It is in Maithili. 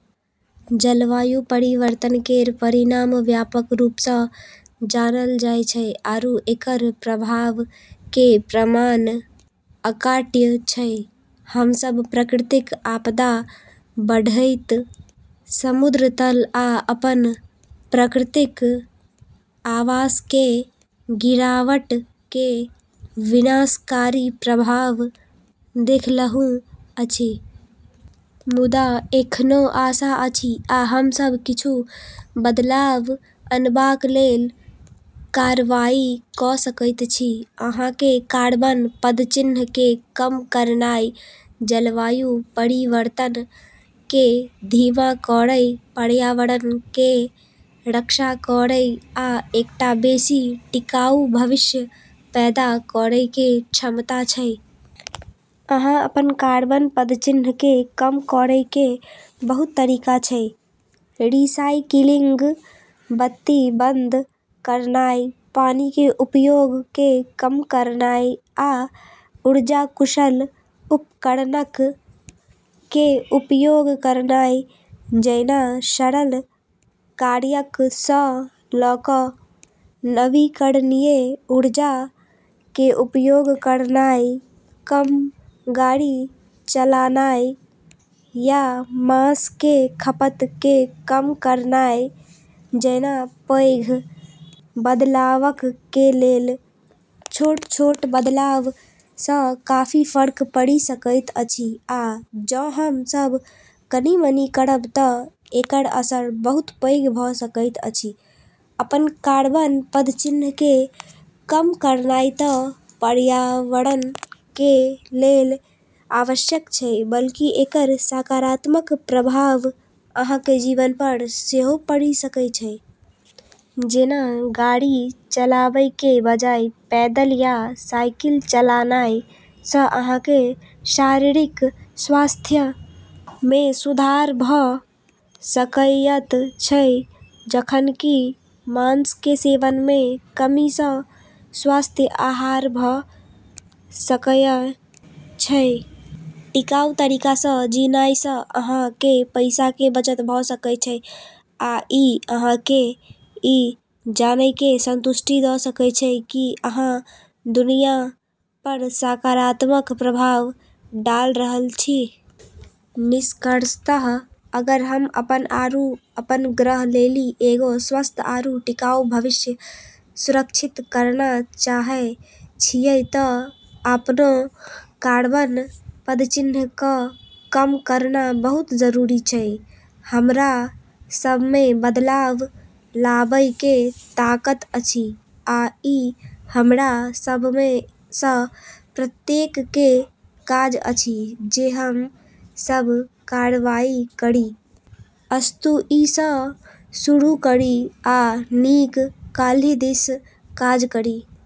जलवायु परिवर्तन केर परिणाम व्यापक रूप स जानल जाय छै, आरू एकर प्रभाव के प्रमाण अकाट्य छै। हम सब प्राकृतिक आपदा, बढ़ैत समुद्र तल, आ अपन प्राकृतिक आवास के गिरावट के विनाशकारी प्रभाव देखलहुं अछि। मुदा एखनो आशा अछि, आ हम सब किछु बदलाव अनबाक लेल कार्रवाई क सकैत छी। अहां के कार्बन पदचिह्न के कम करनाय जलवायु परिवर्तन के धीमा करय, पर्यावरण के रक्षा करय आ एकटा बेसि टिकाऊ भविष्य पैदा करय के क्षमता छै। अहां अपन कार्बन पदचिह्न के कम करय के बहुत तरीका छै, रिसाइकिलिंग, बत्ती बंद करनाय, पानी के उपयोग के कम करनाय, आ ऊर्जा-कुशल उपकरणक के उपयोग करनाय जैना सरल कार्यक सं ल क नवीकरणीय ऊर्जा के उपयोग करनाय, कम गाड़ी चलानाय, या मांस के खपत के कम करनाय जैना पैघ बदलावक के लेल। छोट-छोट बदलाव स काफी फर्क पड़ि सकैत अछि, आ जौं हम सब कनि-मनि करब त एकर असर बहुत पैघ भ सकैत अछि। अपन कार्बन पदचिह्न के कम करनाय त पर्यावरण के लेल आवश्यक छै, बल्कि एकर सकारात्मक प्रभाव अहां के जीवन पर सेहो पड़ि सकय छै। जेना, गाड़ी चलाबय के बजाय पैदल या साइकिल चलानाय सं अहां के शारीरिक स्वास्थ्य मे सुधार भ सकएयत छै, जखन कि मांस के सेवन मे कमी सं स्वस्थ आहार भ सकएय छै। टिकाऊ तरीका सं जीनाय सं अहां के पैसा के बचत भ सकय छै, आ इ अहां के इ जानय के संतुष्टि द सकय छै कि अहां दुनिया पर सकारात्मक प्रभाव डाल रहल छी। निष्कर्षतः, अगर हम अपन आरू अपन ग्रह लेली एगो स्वस्थ आरू टिकाऊ भविष्य सुरक्षित करना चाहै छियै त आपनो कार्बन पदचिह्न क कम करना बहुत जरूरी छै। हमरा सब में बदलाव लाबय के ताकत अछि, आ ई हमरा सब में स प्रत्येक के काज अछि जे हम सब कार्रवाई करी। अस्तु, आइ सं शुरू करी आ नीक काल्हि दिस काज करी।